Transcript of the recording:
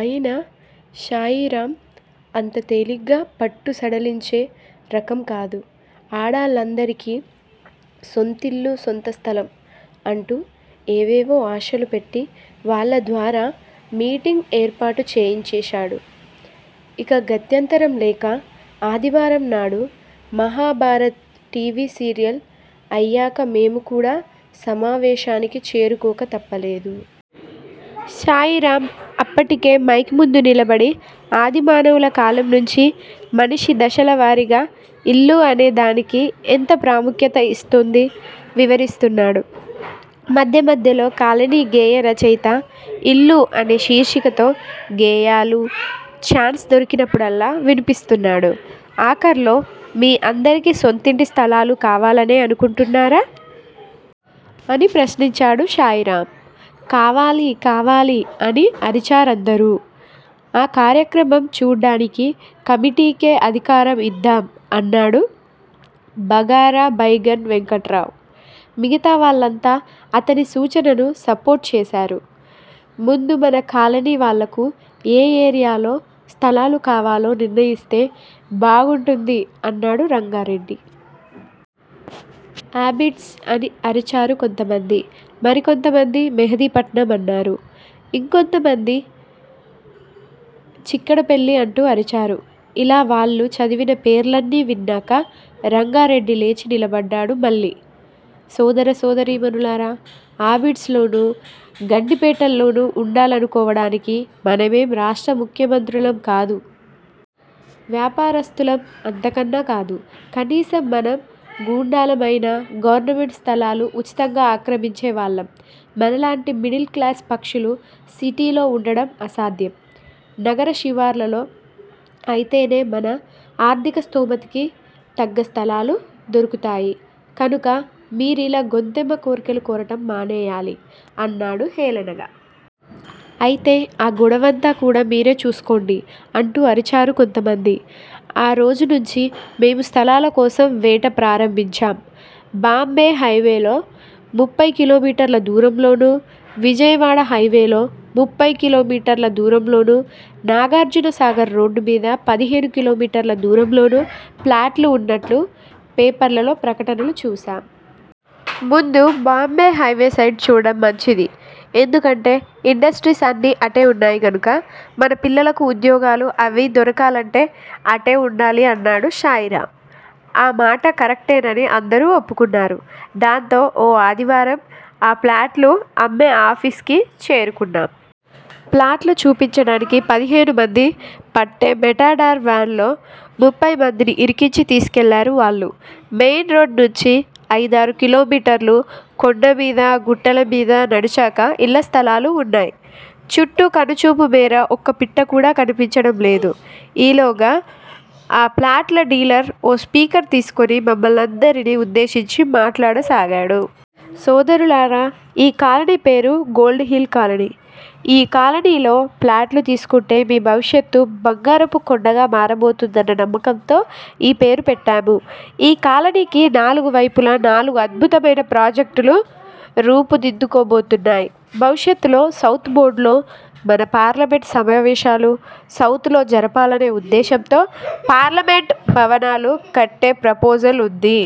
అయినా శాయిరామ్ అంత తేలిగ్గా పట్టు సడలించే రకం కాదు. ఆడాళ్ళందరికీ 'సొంతిళ్ళు- సొంత స్థలం' అంటూ ఏవేవో ఆశలుపెట్టి వాళ్ళ ద్వారా మీటింగ్ ఏర్పాటు చేయించేశాడు. ఇక గత్యంతరం లేక ఆదివారం నాడు మహాభారత్ టీవీ సీరియల్ అయ్యాక మేము కూడా సమావేశానికి చేరుకోక తప్పలేదు. శాయిరామ్ అప్పటికే మైక్ ముందు నిలబడి ఆదిమానవుల కాలం నుంచీ మనిషి దశల వారీగా 'ఇల్లు'అనేదానికి ఎంత ప్రాముఖ్యత ఇస్తోంది వివరిస్తున్నాడు. మధ్యమధ్యలో కాలనీ గేయ రచయిత 'ఇల్లు' అనే శీర్షికతో గేయాలు- ఛాన్స్ దొరికి నప్పుడల్లా వినిపిస్తున్నాడు. ఆఖర్లో మీ అందరికీ సొంతింటి స్థలాలు కావాలనే అనుకుంటున్నారా? అని ప్రశ్నించాడు శాయిరామ్. కావాలీ కావాలీ అని అరిచారందరూ. ఆ కార్యక్రమం చూడ్డానికి కమిటీకే అధికారం ఇద్దాం అన్నాడు బగారా బైగన్ వెంకట్రావ్. మిగతా వాళ్ళంతా అతని సూచనను సపోర్ట్ చేశారు. ముందు మన కాలనీవాళ్ళకు ఏ ఏరియాలో స్థలాలు కావాలో నిర్ణయిస్తే బాగుంటుంది అన్నాడు రంగారెడ్డి. అబిడ్స్ అని అరిచారు కొంతమంది. మరికొంతమంది మెహిదీపట్నం అన్నారు. ఇంకొంత మంది 'చిక్కడపల్లి' అంటూ అరిచారు. ఇలా వాళ్ళు చదివిన పేర్లన్నీ విన్నాక రంగారెడ్డి లేచి నిలబడ్డాడు మళ్ళీ. సోదర సోదరీ మణులారా, అబిడ్స్ లోనూ గండిపేటల్లోనూ ఉండాలను కోడానికి మనమేం రాష్ట్ర్ర ముఖ్యమంత్రులం కాదు! వ్యాపారస్తులం అంతకన్నా కాదు. కనీసం మనం గూండాలమయినా, గవర్నమెంట్ స్థలాలు ఉచితంగా ఆక్రమించే వాళ్ళం. మనలాంటి మిడిల్ క్లాస్ పక్షులు సిటీలో ఉండటం అసాధ్యం. నగర శివార్లలో అయితేనే మన ఆర్ధికస్థోమతకి తగ్గ స్థలాలు దొరుకుతాయి. కనుక మీరిలా గొంతెమ్మ కోర్కెలు కోరటం మానేయాలి! అన్నాడు హేళనగా. అయితే ఆ గొడవంతా కూడా మీరే చూసుకోండి అంటూ అరిచారు కొంతమంది. ఆ రోజునుంచీ మేము స్థలాల కోసం వేట ప్రారంభించాం! బాంబే హైవేలో ముప్పయ్ కిలోమీటర్ల దూరంలోనూ, విజయవాడ హైవేలో ముప్పయ్ కిలోమీటర్లల దూరం లోనూ, నాగార్జునసాగర్ రోడ్డుమీద పదిహేను కిలోమీటర్ల దూరంలోనూ, ప్లాట్లు ఉన్నట్లు పేపర్లలో ప్రకటనలు చూశాం. ముందు బాంబే హైవే సైడ్ చూడటం మంచిది. ఎందుకంటే ఇండస్ట్రీస్ అన్నీ అటే ఉన్నాయి గనుక మన పిల్లలకు ఉద్యోగాలు అవీ దొరకాలంటే అటే ఉండాలి అన్నాడు శాయిరామ్. ఆ మాట కరక్టేనని అందరూ ఒప్పుకున్నారు. దాంతో ఓ ఆదివారం ఆ ప్లాట్లు అమ్మే ఆఫీస్ కి చేరుకున్నాం. ప్లాట్లు చూపించడానికి పదిహేను మంది పట్టే మెటడార్ వాన్ లో ముప్పయ్ మందిని ఇరికించి తీసుకెళ్ళారు వాళ్ళు. మెయిన్ రోడ్ నుంచి అయిదారు కిలోమీటర్లు కొండ మీదా గుట్టల మీదా నడిచాక ఇళ్ళస్థలాలు ఉన్నాయ్. చుట్టూ కనుచూపు మేర ఒక్కపిట్ట కూడా కనిపించటం లేదు. ఈలోగా ఆ ప్లాట్ల డీలర్ ఓ స్పీకర్ తీసుకుని మమ్మల్నందరినీ ఉద్దేశించి మాట్లాడసాగాడు. సోదరులారా! ఈ కాలనీ పేరు గోల్డ్ హిల్ కాలనీ! ఈ కాలనీలో ప్లాట్లు తీసుకుంటే మీ భవిష్యత్తు బంగారపు కొండగా మారుతుందన్న నమ్మకంతో ఈ పేరుపెట్టాము. ఈ కాలనీకి నాలుగు వేపులా నాలుగు అద్భుతమయిన ప్రాజెక్ట్ ళు రూపుదిద్దు కోబోతున్నాయ్. భవిష్యత్తులో సౌత్ బోర్డర్ లో మన పార్లమెంట్ సమావేశాలు, సౌత్ లో జరపాలనే ఉద్దేశంతో పార్లమెంట్ భవనాలు కట్టే ప్రపోజల్ ఉంది.